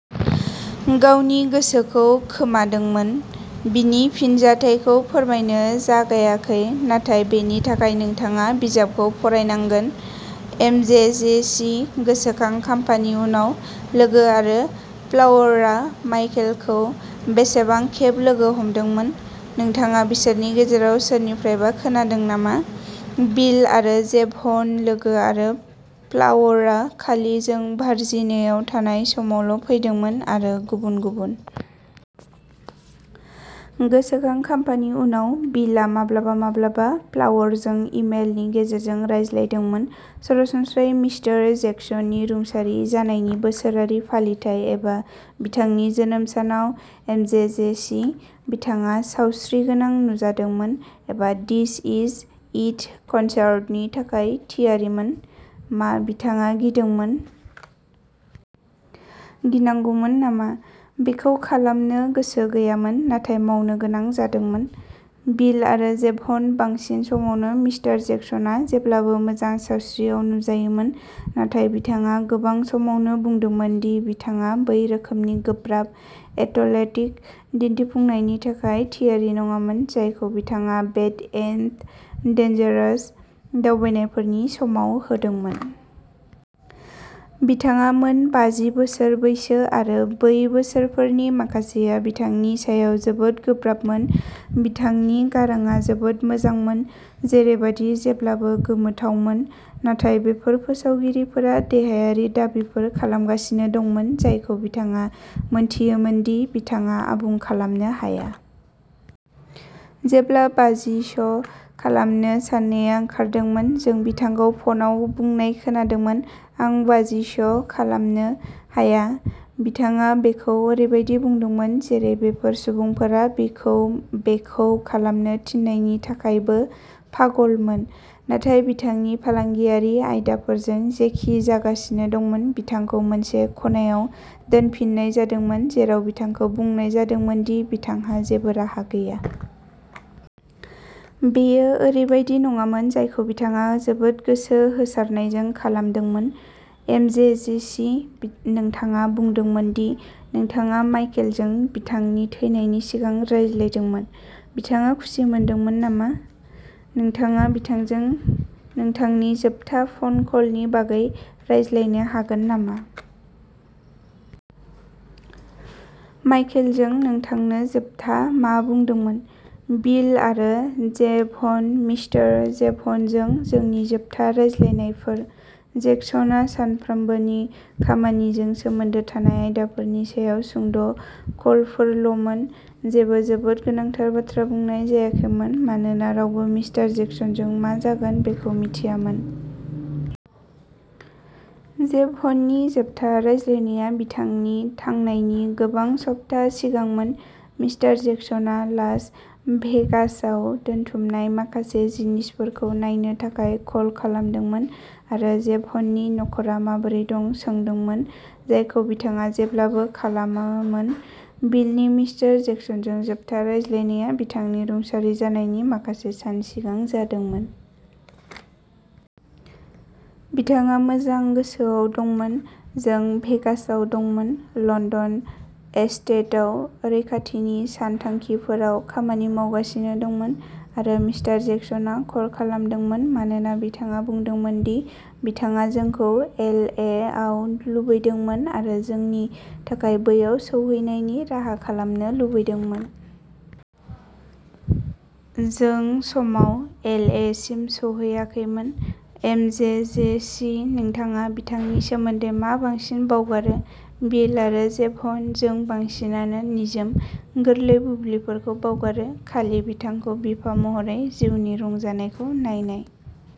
"गावनि गोसोखौ खोमादोंमोन" बिनि फिनजाथायखौ फोरमायनो जागायाखै, नाथाय बेनि थाखाय नोंथाङा बिजाबखौ फरायनांगोन। एमजेजेसी गोसोखां खाम्फानि उनाव लोगो आरो फ्लावरआ माइकेलखौ बेसेबां खेब लोगो हमदोंमोन? नोंथाङा बिसोरनि गेजेराव सोरनिफ्रायबा खोनादों नामा? बिल आरो जेभन लोगो आरो फ्लावरआ खालि जों भार्जिनायाव थानाय समावल' फैदोंमोन आरो गुबुन गुबुन। गोसोखां खाम्फानि उनाव बिलआ माब्लाबा-माब्लाबा फ्लावरजों इमेलनि गेजेरजों रायज्लायदोंमोन, सरासनस्रायै मिस्टार जेक्सननि रुंसारि जानायनि बोसोरारि फालिथाइ एबा बिथांनि जोनोम सानाव एमजेजेसी बिथाङा सावस्रिगोनां नुजादोंमोन एबा दिस इज इट कनसार्टनि थाखाय थियारिमोन? मा बिथाङा गिदोंमोन? गिनांगौमोन नामा? बेखौ खालामनो गोसो गैयामोन नाथाय मावनो गोनां जादोंमोन? बिल आरो जेभन बांसिन समावनो मिस्टार जेक्सनआ जेब्लाबो मोजां सावस्रियाव नुजायोमोन, नाथाय बिथाङा गोबां समावनो बुंदोंमोन दि बिथाङा बै रोखोमनि गोब्राब, एथलेटिक दिन्थिफुंनायनि थाखाय थियारि नङामोन, जायखौ बिथाङा बेड एन्ड डेन्जारास दावबायनायफोरनि समाव होदोंमोन। बिथाङा मोन बाजि बोसोर बैसो आरो बै बोसोरफोरनि माखासेआ बिथांनि सायाव जोबोद गोब्राबमोन। बिथांनि गारांआ जोबोद मोजांमोन, जेरैबादि जेब्लाबो गोमोथावमोन, नाथाय बेफोर फोसावगिरिफोरा देहायारि दाबिफोर खालामगासिनो दंमोन जायखौ बिथाङा मोनथियोमोन दि बिथाङा आबुं खालामनो हाया। जेब्ला बाजि श' खालामनो साननाया ओंखारदोंमोन, जों बिथांखौ फनआव बुंनाय खोनादोंमोन, "आं बाजि श' खालामनो हाया।" बिथाङा बेखौ ओरैबायदि बुंदोंमोन जेरै बेफोर सुबुंफोरा बिखौ बेखौ खालामनो थिननायनि थाखायबो पागलमोन। नाथाय बिथांनि फालांगियारि आयदाफोरजों जेखि जागासिनो दंमोन, बिथांखौ मोनसे खनायाव दोनफिननाय जादोंमोन जेराव बिथांखौ बुंनाय जादोंमोन दि बिथांहा जेबो राहा गैया। बेयो ओरैबायदि नङामोन जायखौ बिथाङा जोबोद गोसो होसारनायजों खालामदोंमोन। एमजेजेसी नोंथाङा बुंदोंमोन दि नोंथाङा माइकेलजों बिथांनि थैनायनि सिगां रायज्लायदोंमोन। बिथाङा खुसि मोनदोंमोन नामा? नोंथाङा बिथांजों नोंथांनि जोबथा फन कलनि बागै रायज्लायनो हागोन नामा? माइकेलआ नोंथांनो जोबथा मा बुंदोंमोन? बिल आरो जेभन मिस्टार जेभ'नजों जोंनि जोबथा रायज्लायनायफोर। जेक्सनआ सानफ्रोमबोनि खामानिजों सोमोन्दो थानाय आयदाफोरनि सायाव सुंद' कलफोरल'मोन। जेबो जोबोद गोनांथार बाथ्रा बुंनाय जायाखैमोन, मानोना रावबो मिस्टार जेक्सनजों मा जागोन बेखौ मिथियामोन। जेभननि जोबथा रायज्लायनाया बिथांनि थांनायनि गोबां सप्ता सिगांमोन मिस्टार जेक्सनआ लास भेगासआव दोनथुमनाय माखासे जिनिसफोरखौ नायनो थाखाय कल खालामदोंमोन आरो जेभननि नख'रा माबोरै दं सोंदोंमोन, जायखौ बिथाङा जेब्लाबो खालामोमोन। बिलनि मिस्टार जेक्सनजों जोबथा रायज्लायनाया बिथांनि रुंसारि जानायनि माखासे सान सिगां जादोंमोन। बिथाङा मोजां गोसोआव दंमोन। जों भेगासआव दंमोन, लन्दन एस्टेटआव रैखाथिनि सानथांखिफोराव खामानि मावगासिनो दंमोन आरो मिस्टार जेक्सनआ कल खालामदोंमोन मानोना बिथाङा बुंदोंमोन दि बिथाङा जोंखौ एल ए आव लुबैदोंमोन आरो जोंनि थाखाय बैयाव सौहैनायनि राहा खालामनो लुबैदोंमोन। जों समाव एल ए सिम सौहैयाखैमोन। एम जे जे सि नोंथाङा बिथांनि सोमोन्दै मा बांसिन बावगारो? बिल आरो जेभनः जों बांसिनानो निजोम, गोरलै बुब्लिफोरखौ बावगारो, खालि बिथांखौ बिफा महरै जिउनि रंजानायखौ नायनाय ।